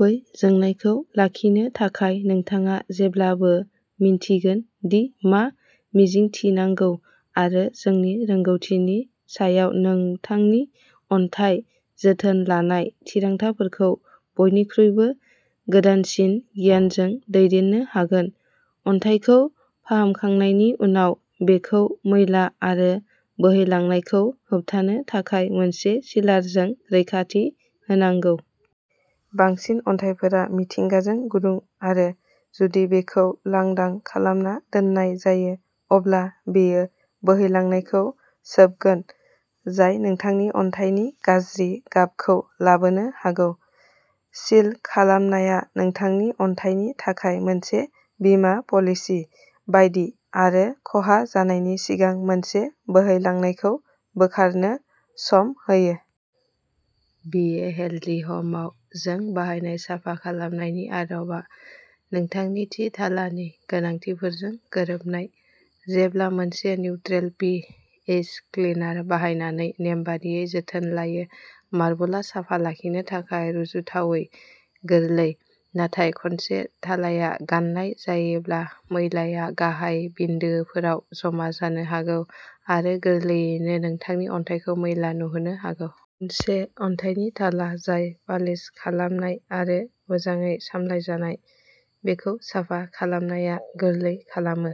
बै जोंनायखौ लाखिनो थाखाय नोंथाङा जेब्लाबो मिन्थिगोन दि मा मिजिंथिनांगौ आरो जोंनि रोंग'थिनि सायाव नोंथांनि अन्थाइ जोथोन लानाय थिरांथाफोरखौ बयनिख्रुइबो गोदानसिन गियानजों दैदेननो हागोन। अन्थाइखौ फाहामखांनायनि उनाव, बेखौ मैला आरो बोहैलांनायखौ होबथानो थाखाय मोनसे सिलारजों रैखाथि होनांगौ। बांसिन अन्थाइफोरा मिथिंगाजों गुदुं आरो, जुदि बेखौ लांदां खालामना दोननाय जायो, अब्ला बेयो बोहैलांनायखौ सोबगोन जाय नोंथांनि अन्थाइनि गाज्रि गाबखौ लाबोनो हागौ। सिल खालामनाया नोंथांनि अन्थाइनि थाखाय मोनसे बीमा पलिसि बायदि आरो खहा जानायनि सिगां मोनसे बोहैलांनायखौ बोखारनो सम होयो। बि ए हेल्दी ह'मआव, जों बाहायनाय साफा खालामनायनि आदबा नोंथांनि थि थालानि गोनांथिफोरजों गोरोबनाय। जेब्ला मोनसे निउट्रेल पि एइच क्लिनार बाहायनानै नेमबादियै जोथोन लायो, मार्बलआ साफा लाखिनो थाखाय रुजुथावनायै गोरलै। नाथाय खनसे थालाया गाननाय जायोब्ला, मैलाया गाहाय बिन्दोफोराव जमा जानो हागौ आरो गोरलैयैनो नोंथांनि अन्थाइखौ मैला नुहोनो हागौ। मोनसे अन्थाइनि थाला जाय पालिश खालामनाय आरो मोजाङै सामलायजानाय, बेखौ साफा खालामनाया गोरलै खालामो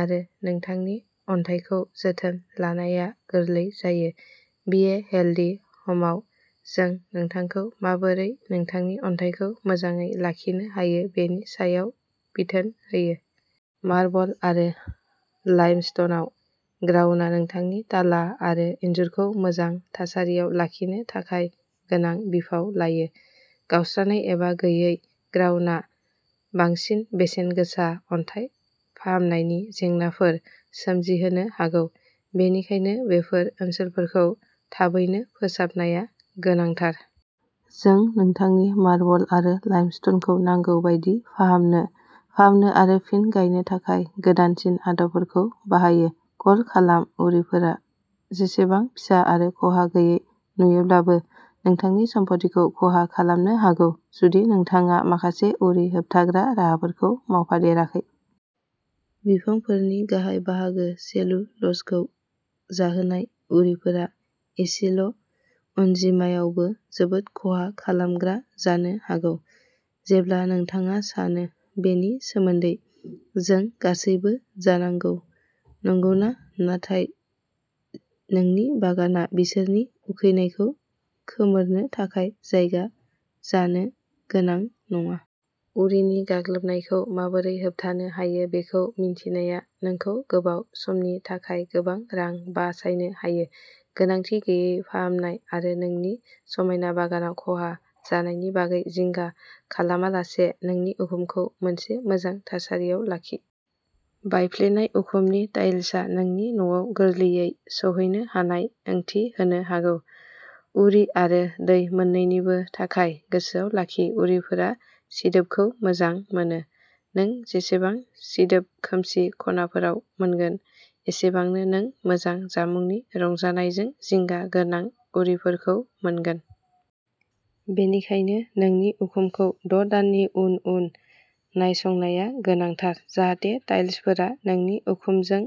आरो नोंथांनि अन्थाइखौ जोथोन लानाया गोरलै जायो। बि ए हेल्दी ह'मआव, जों नोंथांखौ माबोरै नोंथांनि अन्थाइखौ मोजाङै लाखिनो हायो बेनि सायाव बिथोन होयो। मार्बल आरो लाइमस्टनआव, ग्राउटआ नोंथांनि थाला आरो इनजुरखौ मोजां थासारियाव लाखिनो थाखाय गोनां बिफाव लायो। गावस्रानाय एबा गैयै ग्राउटआ बांसिन बेसेन गोसा अन्थाइ फाहामनायनि जेंनाफोर सोमजिहोनो हागौ, बेनिखायनो बेफोर ओनसोलफोरखौ थाबैनो फोसाबनाया गोनांथार। जों नोंथांनि मार्बल आरो लाइमस्टनखौ नांगौ बायदि फाहामनो, फाहामनो आरो फिन गायनो थाखाय गोदानसिन आदबफोरखौ बाहायो। कल खालाम उरिफोरा, जेसेबां फिसा आरो खहा गैयै नुयोब्लाबो, नोंथांनि सम्फथिखौ खहा खालामनो हागौ जुदि नोंथाङा माखासे उरि होबथाग्रा राहाफोरखौ मावफादेराखै। बिफांफोरनि गाहाय बाहागो सेलुल'जखौ जाहोनाय, उरिफोरा एसेल' अनजिमायावबो जोबोद खहा खालामग्रा जानो हागौ। जेब्ला नोंथाङा सानो। बेनि सोमोन्दै, जों गासैबो जानांगौ, नंगौना? नाथाय, नोंनि बागाना बिसोरनि उखैनायखौ खोमोरनो थाखाय जायगा जानो गोनां नङा। उरिनि गाग्लोबनायखौ माबोरै होबथानो हायो बेखौ मिन्थिनाया नोंखौ गोबाव समनि थाखाय गोबां रां बासायनो हायो, गोनांथि गैयै फाहामनाय आरो नोंनि समायना बागानाव खहा जानायनि बागै जिंगा खालामालासे। नोंनि उखुमखौ मोनसे मोजां थासारियाव लाखि। बायफ्लेनाय उखुमनि टाइल्सआ नोंनि न'आव गोरलैयै सौहैनो हानाय ओंथि होनो हागौ, उरि आरो दै मोननैनिबो थाखाय। गोसोआव लाखि, उरिफोरा सिदोबखौ मोजां मोनो। नों जेसेबां सिदोब खोमसि खनाफोराव मोनगोन, एसेबांनो नों मोजां जामुंनि रंजानायजों जिंगा गोनां उरिफोरखौ मोनगोन। बेनिखायनो, नोंनि उखुमखौ द' दाननि उन उन नायसंनाया गोनांथार जाहाथे टाइल्सफोरा नोंनि उखुमजों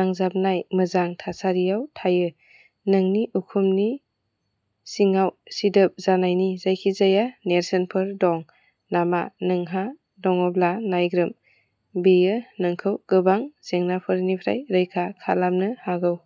नांजाबनाय मोजां थासारियाव थायो। नोंनि उखुमनि सिङाव सिदोब जानायनि जायखिजाया नेरसोनफोर दं नामा, नोंहा दङब्ला नायग्रोम। बेयो नोंखौ गोबां जेंनाफोरनिफ्राय रैखा खालामनो हागौ।